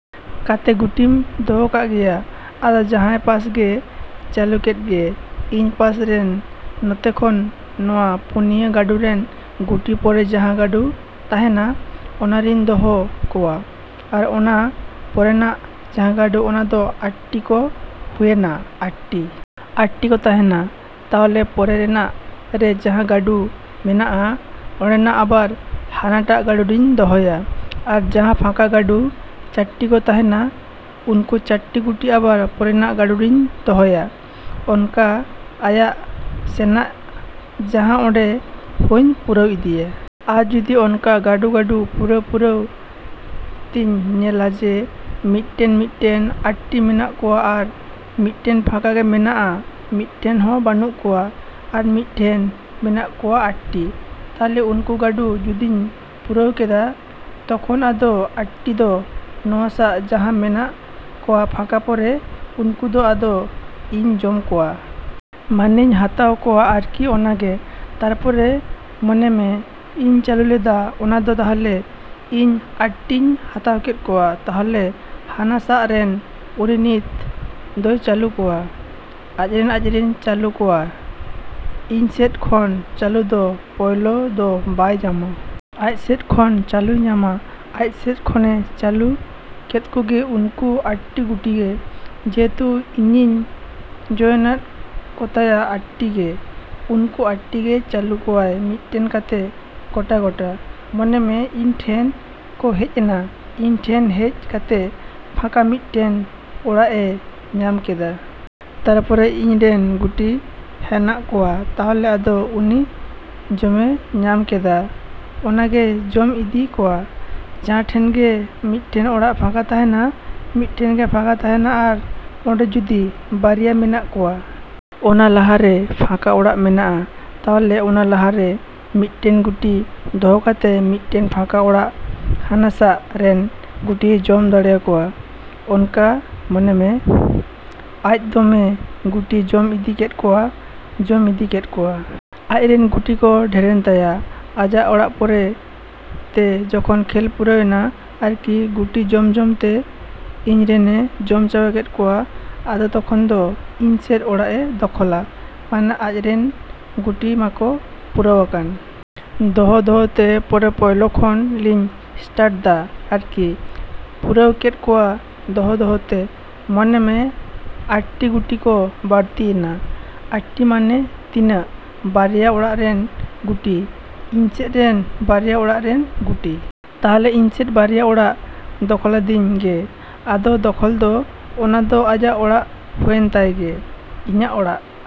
ᱠᱟᱛᱮ ᱜᱩᱴᱷᱤᱢ ᱫᱚᱦᱚ ᱠᱟᱜ ᱜᱮᱭᱟ, ᱟᱫᱚ ᱡᱟᱦᱟᱸᱭ ᱯᱟᱥ ᱜᱮᱭ ᱪᱟᱹᱞᱩ ᱠᱮᱫ ᱜᱮ᱾ ᱤᱧ ᱯᱟᱥ ᱨᱮᱱ ᱱᱚᱛᱮ ᱠᱷᱚᱱ ᱱᱚᱣᱟ ᱯᱩᱱᱭᱟ ᱜᱟᱹᱰᱩ ᱨᱮᱱ ᱜᱩᱴᱷᱤ ᱯᱚᱨᱮ ᱡᱟᱦᱟᱸ ᱜᱟᱹᱰᱩ ᱛᱟᱦᱮᱱᱟ ᱚᱱᱟ ᱨᱤᱧ ᱫᱚᱦᱚ ᱠᱚᱣᱟ᱾ ᱟᱨ ᱚᱱᱟ ᱯᱚᱨᱮᱱᱟᱜ ᱡᱟᱦᱟᱸ ᱜᱟᱹᱰᱩ ᱚᱱᱟ ᱫᱚ ᱟᱴᱴᱤ ᱠᱚ ᱦᱩᱭᱮᱱᱟ, ᱟᱴᱴᱤ᱾ ᱟᱴᱴᱤ ᱠᱚ ᱛᱟᱦᱮᱱᱟ, ᱛᱟᱦᱞᱮ ᱯᱚᱨᱮ ᱨᱮᱱᱟᱜ ᱨᱮ ᱡᱟᱦᱟᱸ ᱜᱟᱹᱰᱩ ᱢᱮᱱᱟᱜᱼᱟ ᱚᱸᱰᱮᱱᱟᱜ ᱟᱵᱟᱨ ᱦᱟᱱᱟᱴᱟᱜ ᱜᱟᱹᱰᱩᱨᱤᱧ ᱫᱚᱦᱚᱭᱟ᱾ ᱟᱨ ᱡᱟᱦᱟᱸ ᱯᱷᱟᱠᱟ ᱜᱟᱹᱰᱩ ᱪᱟᱴᱴᱤ ᱠᱚ ᱛᱟᱦᱮᱱ, ᱩᱱᱠᱩ ᱪᱟᱴᱴᱤ ᱜᱩᱴᱷᱤ ᱟᱵᱟᱨ ᱯᱚᱨᱮᱱᱟᱜ ᱜᱟᱹᱰᱩ ᱨᱤᱧ ᱫᱚᱦᱚᱭᱟ᱾ ᱚᱱᱠᱟ ᱟᱭᱟᱜ ᱥᱮᱱᱟᱜ ᱡᱟᱦᱟᱸ ᱚᱸᱰᱮ ᱦᱚᱸᱧ ᱯᱩᱨᱟᱹᱣ ᱤᱫᱤᱭᱟ᱾ ᱟᱨ ᱡᱩᱫᱤ ᱚᱱᱠᱟ ᱜᱟᱹᱰᱩᱼᱜᱟᱹᱰᱩ ᱯᱩᱨᱟᱹᱣᱼᱯᱩᱨᱟᱹᱣ ᱛᱮᱧ ᱧᱮᱞᱟ ᱡᱮ, ᱢᱤᱫᱴᱮᱱ, ᱢᱤᱫᱴᱷᱮᱱ ᱟᱴᱴᱤ ᱢᱮᱱᱟᱜ ᱠᱚᱣᱟ ᱟᱨ ᱢᱤᱫᱴᱷᱮᱱ ᱯᱷᱟᱸᱠᱟ ᱜᱮ ᱢᱮᱱᱟᱜᱼᱟ ᱢᱤᱫᱴᱮᱱ ᱦᱚᱸ ᱵᱟᱹᱱᱩᱜ ᱠᱚᱣᱟ, ᱟᱨ ᱢᱤᱫ ᱴᱷᱮᱱ ᱢᱮᱱᱟᱜ ᱠᱚᱣᱟ ᱟᱴᱴᱤ᱾ ᱛᱟᱦᱞᱮ ᱩᱱᱠᱩ ᱜᱟᱹᱰᱩ ᱡᱩᱫᱤᱧ ᱯᱩᱨᱟᱹᱣ ᱠᱮᱫᱟ ᱛᱚᱠᱷᱚᱱ ᱟᱫᱚ ᱟᱴᱴᱤ ᱫᱚ ᱱᱚᱣᱟ ᱥᱟ ᱡᱟᱦᱟᱸ ᱢᱮᱱᱟᱜ ᱠᱚᱣᱟ ᱯᱷᱟᱸᱠᱟ ᱯᱚᱨᱮ ᱩᱱᱠᱩ ᱫᱚ ᱟᱫᱚ ᱤᱧ ᱡᱚᱢ ᱠᱚᱣᱟ᱾ ᱢᱟᱱᱮᱧ ᱦᱟᱛᱟᱣ ᱠᱚᱣᱟ ᱟᱨᱠᱤ ᱚᱱᱠᱟᱜᱮ᱾ ᱛᱟᱨᱯᱚᱨᱮ ᱢᱚᱱᱮ ᱢᱮ ᱤᱧ ᱪᱟᱹᱞᱩ ᱞᱮᱫᱟ ᱚᱱᱟ ᱫᱚ ᱛᱟᱦᱞᱮ ᱤᱧ ᱟᱴᱴᱤᱧ ᱦᱟᱛᱟᱣ ᱠᱮᱫ ᱠᱚᱣᱟ᱾ ᱛᱟᱦᱞᱮ ᱦᱟᱱᱟ ᱥᱟ ᱨᱮᱱ ᱩᱱᱤ ᱱᱤᱛ ᱫᱚᱭ ᱪᱟᱹᱞᱩ ᱠᱚᱣᱟ ᱟᱡᱨᱮᱱᱮ ᱟᱡᱨᱮᱱᱮ ᱪᱟᱞᱩ ᱠᱚᱣᱟ᱾ ᱤᱧ ᱥᱮᱫ ᱠᱷᱚᱱ ᱪᱟᱞᱩ ᱫᱚ ᱯᱳᱭᱞᱳ ᱫᱚ ᱵᱟᱭ ᱧᱟᱢᱟ᱾ ᱟᱡ ᱥᱮᱫ ᱠᱷᱚᱱ ᱪᱟᱹᱞᱩᱭ ᱧᱟᱢᱟ᱾ ᱟᱡ ᱥᱮᱫ ᱠᱷᱚᱱᱮᱭ ᱪᱟᱹᱞᱩ ᱠᱮᱫ ᱠᱚᱜᱮ, ᱩᱱᱠᱩ ᱟᱴᱴᱤ ᱜᱩᱴᱷᱤ ᱜᱮ᱾ ᱡᱮᱦᱮᱛᱩ ᱤᱧᱤᱧ ᱡᱚᱲᱮᱱᱟᱠᱟᱫ ᱠᱚᱛᱟᱭᱟ ᱟᱴᱴᱤ ᱜᱮ᱾ ᱩᱱᱠᱩ ᱟᱴᱴᱤ ᱜᱮᱭ ᱪᱟᱹᱞᱩ ᱠᱚᱣᱟ ᱢᱤᱫᱴᱮᱱ ᱠᱟᱛᱮ ᱜᱚᱴᱟᱼᱜᱚᱴᱟ ᱢᱚᱱᱮ ᱢᱮ ᱤᱧ ᱴᱷᱮᱱ ᱠᱚ ᱦᱮᱡ ᱮᱱᱟ ᱤᱧ ᱴᱷᱮᱱ ᱦᱮᱡ ᱠᱟᱛᱮ ᱯᱷᱟᱸᱠᱟ ᱢᱤᱫᱴᱮᱱ ᱚᱲᱟᱜ ᱮᱭ ᱧᱟᱢ ᱠᱮᱫᱟ᱾ ᱛᱟᱨᱯᱚᱨᱮ ᱤᱧ ᱨᱮᱱ ᱜᱩᱴᱷᱤ ᱦᱮᱱᱟᱜ ᱠᱚᱣᱟ, ᱛᱟᱦᱞᱮ ᱟᱫᱚ ᱩᱱᱤ ᱡᱚᱢᱮᱭ ᱧᱟᱢ ᱠᱮᱫᱟ᱾ ᱚᱱᱠᱟᱜᱮᱭ ᱡᱚᱢ ᱤᱫᱤ ᱠᱚᱣᱟ᱾ ᱡᱟᱦᱟᱸ ᱴᱷᱮᱱ ᱜᱮ ᱢᱤᱫᱴᱮᱱ ᱚᱲᱟᱜ ᱯᱷᱟᱸᱠᱟ ᱛᱟᱦᱮᱱᱟ, ᱢᱤᱫᱴᱮᱱ ᱜᱮ ᱯᱷᱟᱸᱠᱟ ᱛᱟᱦᱮᱱᱟ ᱟᱨ ᱚᱸᱰᱮ ᱡᱩᱫᱤ ᱵᱟᱨᱭᱟ ᱢᱮᱱᱟᱜ ᱠᱚᱣᱟ᱾ ᱚᱱᱟ ᱞᱟᱦᱟ ᱨᱮ ᱯᱷᱟᱸᱠᱟ ᱚᱲᱟᱜ ᱢᱮᱱᱟᱜᱼᱟ, ᱛᱟᱦᱞᱮ ᱚᱱᱟ ᱞᱟᱦᱟ ᱨᱮ ᱢᱤᱫᱴᱮᱱ ᱜᱩᱴᱷᱤ ᱫᱚᱦᱚ ᱠᱟᱛᱮ ᱢᱤᱫᱴᱮᱱ ᱯᱷᱟᱸᱠ ᱚᱲᱟᱜ ᱦᱟᱱᱟ ᱥᱟ ᱨᱮᱱ ᱜᱩᱴᱷᱤᱭ ᱡᱚᱢ ᱫᱟᱲᱮᱭᱟᱠᱚᱣᱟ᱾ ᱚᱱᱠᱟ ᱢᱚᱱᱮ ᱢᱮ ᱟᱡ ᱫᱚᱢᱮ ᱜᱩᱴᱷᱤᱭ ᱡᱚᱢ ᱤᱫᱤ ᱠᱮᱫ ᱠᱚᱣᱟ, ᱡᱚᱢ ᱤᱫᱤ ᱠᱮᱫ ᱠᱚᱣᱟ᱾ ᱟᱡᱨᱮᱱ ᱜᱩᱴᱷᱤ ᱠᱚ ᱰᱷᱮᱨᱮᱱ ᱛᱟᱭᱟ᱾ ᱟᱭᱟᱜ ᱚᱲᱟᱜ ᱯᱚᱨᱮ ᱛᱮ ᱡᱚᱠᱷᱚᱱ ᱠᱷᱮᱞ ᱯᱩᱨᱟᱹᱣᱱᱟ ᱟᱨᱠᱤ ᱜᱩᱴᱷᱤ ᱡᱚᱢᱼᱡᱚᱢ ᱛᱮ ᱤᱧ ᱨᱮᱱᱮ ᱡᱚᱢ ᱪᱟᱵᱟ ᱠᱮᱫ ᱠᱚᱣᱟᱭ᱾ ᱟᱫᱚ ᱛᱚᱠᱷᱚᱱ ᱫᱚ ᱤᱧ ᱥᱮᱫ ᱚᱲᱟᱜ ᱮ ᱫᱚᱠᱷᱚᱞᱟ᱾ ᱢᱟᱱᱮ ᱟᱡᱨᱚᱱ ᱜᱩᱴᱷᱤ ᱢᱟᱠᱚ ᱯᱩᱨᱟᱹᱣᱟᱠᱟᱱ᱾ ᱫᱚᱦᱚᱼᱫᱚᱦᱚᱛᱮ ᱯᱚᱨᱮ ᱯᱳᱭᱞᱳ ᱠᱷᱚᱱ ᱞᱤᱧ ᱮᱥᱴᱟᱴ ᱫᱟ ᱟᱨᱠᱤ᱾ ᱯᱩᱨᱟᱹᱣ ᱠᱮᱫ ᱠᱚᱣᱟ ᱫᱚᱦᱚ ᱫᱚᱦᱚ ᱛᱮ, ᱢᱚᱱᱮ ᱢᱮ ᱟᱴᱴᱤ ᱜᱩᱴᱤ ᱠᱚ ᱵᱟᱹᱲᱛᱤᱭᱮᱱᱟ᱾ ᱟᱴᱴᱤ ᱢᱟᱱᱮ ᱛᱤᱱᱟᱹᱜ, ᱵᱟᱨᱭᱟ ᱚᱲᱟᱜ ᱨᱮᱱ ᱜᱩᱴᱷᱤ, ᱤᱧ ᱥᱮᱫ ᱨᱮᱱ ᱵᱟᱨᱭᱟ ᱚᱲᱟᱜ ᱨᱮᱱ ᱜᱩᱴᱤ᱾ ᱛᱟᱦᱞᱮ ᱤᱧ ᱥᱮᱫ ᱵᱟᱨᱭᱟ ᱚᱲᱟᱜ ᱫᱚᱠᱷᱚᱞᱟᱫᱤᱧ ᱜᱮ᱾ ᱟᱫᱚ ᱫᱚᱠᱷᱚᱞ ᱫᱚ, ᱚᱱᱟ ᱫᱚ ᱟᱭᱟᱜ ᱚᱲᱟᱜ ᱦᱩᱭᱮᱱ ᱛᱟᱭ ᱜᱮ, ᱤᱧᱟᱹᱜ ᱚᱲᱟᱜ᱾